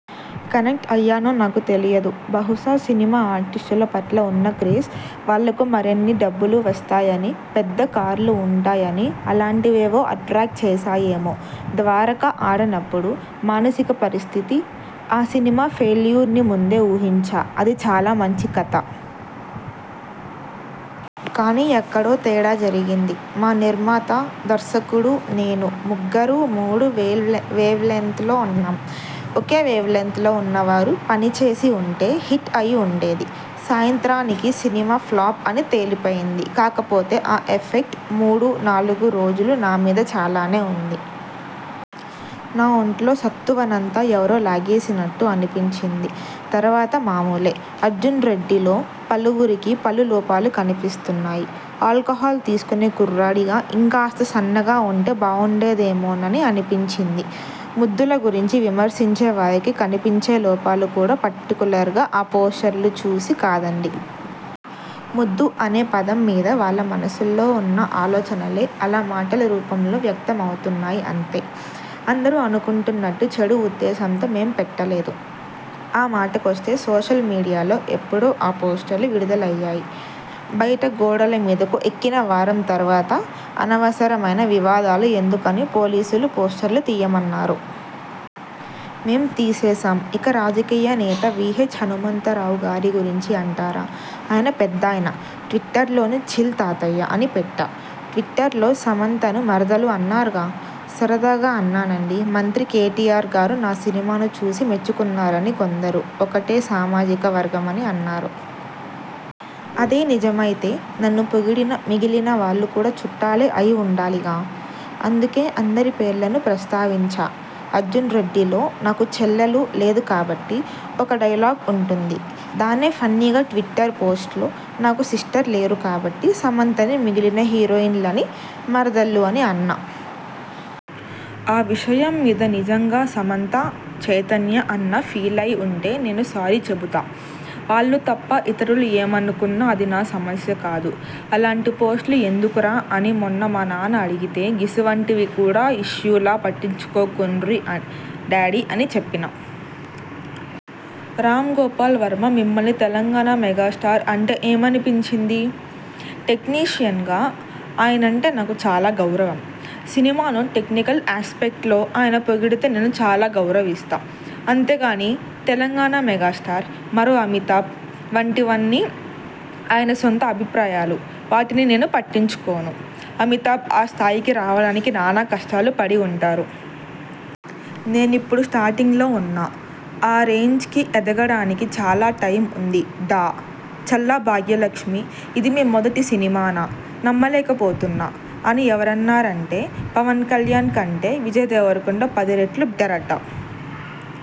Connect అయ్యానో నాకు తెలియలేదు. బహుశా సినిమా ఆర్టిస్టుల పట్ల ఉన్న క్రేజ్, వాళ్లకు మరిన్ని డబ్బులు వస్తాయని, పేద్ద కార్లు ఉంటాయని.. అలాంటివేవో అట్రాక్ట్ చేశాయేమో.. 'ద్వారక' ఆడనప్పుడు మానసిక పరిస్థితి? ఆ సినిమా ఫెయిల్యూర్ని ముందే ఊహించా. అది చాలా మంచి కథ. కానీ ఎక్కడో తేడా జరిగింది. మా నిర్మాత, దర్శకుడు, నేను.. ముగ్గురూ.. మూడు వెవ్లె వేవ్లెంగ్త్లలో ఉన్నాం. ఒకే వేవ్లెంగ్త్లో ఉన్నవారు పనిచేసి ఉంటే హిట్ అయి ఉండేది. సాయంత్రానికి సినిమా ఫ్ల్లాప్ అని తేలిపోయింది. కాకపోతే ఆ ఎఫెక్ట్ మూడు, నాలుగు రోజులు నా మీద చాలానే ఉంది. నా ఒంట్లో సత్తువనంతా ఎవరో లాగేసినట్టు అనిపించింది. తర్వాత మామూలే. 'అర్జున్రెడ్డి'లో పలువురికి పలు లోపాలు కనిపిస్తున్నాయి.. ఆల్కహాల్ తీసుకునే కుర్రాడిగా ఇంకాస్త సన్నగా ఉంటే బావుండేదేమోనని అనిపించింది. ముద్దుల గురించి విమర్శించే వారికి కనిపించే లోపాలు కూడా పర్టిక్యులర్గా ఆ పోస్టర్లు చూసి కాదండీ. 'ముద్దు' అనే పదం మీద వాళ్ల మనస్సుల్లో ఉన్న ఆలోచనలే అలా మాటల రూపంలో వ్యక్తం అవుతున్నాయి అంతే. అందరూ అనుకుంటున్నట్టు చెడు ఉద్దేశంతో మేం పెట్టలేదు. ఆ మాటకొస్తే సోషల్ మీడియాలో ఎప్పుడో ఆ పోస్టర్లు విడుదలయ్యాయి. బయట గోడల మీదకు ఎక్కిన వారం తర్వాత అనవసరమైన వివాదాలు ఎందుకని పోలీసులు పోస్టర్లు తీయమన్నారు. మేం తీసేశాం. ఇక రాజకీయ నేత వీహెచ్ హనుమంతరావు గారి గురించి అంటారా.. ఆయన పెద్దాయన.. ట్విట్టర్లోనూ 'చిల్ తాతయ్య' అని పెట్టా. 'ట్విట్టర్లో సమంతను మరదలు అన్నారుగా..? సరదాగా అన్నానండీ. మంత్రి కేటీఆర్గారు నా సినిమాను చూసి మెచ్చుకున్నారని కొందరు 'ఒకటే సామాజిక వర్గం' అని అన్నారు. అదే నిజమైతే నన్ను పొగిడిన మిగిలిన వాళ్లు కూడా చుట్టాలే అయి ఉండాలిగా.. అందుకే అందరి పేర్లనూ ప్రస్తావించా. 'అర్జున్రెడ్డి'లో 'నాకు చెల్లెలు లేదు కాబట్టి.. ' ఒక డైలాగ్ ఉంటుంది. దాన్నే ఫన్నీగా ట్విట్టర్ పోస్ట్లో నాకు సిస్టర్స్ లేరు కాబట్టి సమంతని మిగిలిన హీరోయిన్లనీ మరదళ్లు అని అన్నా. ఆ విషయం మీద నిజంగా సమంత, చైతన్య అన్నా ఫీలై ఉంటే నేను సారీ చెబుతా. వాళ్లు తప్ప ఇతరులు ఏమనుకున్నా అది నా సమస్య కాదు. 'అలాంటి పోస్టులు ఎందుకురా' అని మొన్న మా నాన్న అడిగితే 'గిసువంటివి కూడా ఇష్యూలా.. పట్టించుకోకుండ్రి డాడీ' అని చెప్పినా. రామ్గోపాల్ వర్మ మిమ్మల్ని తెలంగాణ మెగాస్టార్ అంటే ఏమనిపించింది? టెక్నీషియన్గా ఆయనంటే నాకు చాలా గౌరవం. సినిమాను టెక్నికల్ యాస్పెక్ట్లో ఆయన పొడిగితే నేను చాలా గౌరవిస్తా. అంతేగానీ తెలంగాణ మెగాస్టార్, మరో అమితాబ్.. వంటివన్నీ ఆయన సొంత అభిప్రాయాలు. వాటిని నేను పట్టించుకోను. అమితాబ్ ఆ స్థాయికి రావడానికి నానా కష్టాలు పడి ఉంటారు. నేనిప్పుడు స్టార్టింగ్లో ఉన్నా.. ఆ రేంజ్కి ఎదగడానికి చాలా టైమ్ ఉంది. డా. చల్లా భాగ్యలక్ష్మి ఇది మీ మొదటి సినిమానా?.. నమ్మలేకపోతున్నా! అని ఎవరన్నారంటే.. పవన్ కల్యాణ్ కంటే విజయ్ దేవరకొండ పది రెట్లు బెటరట।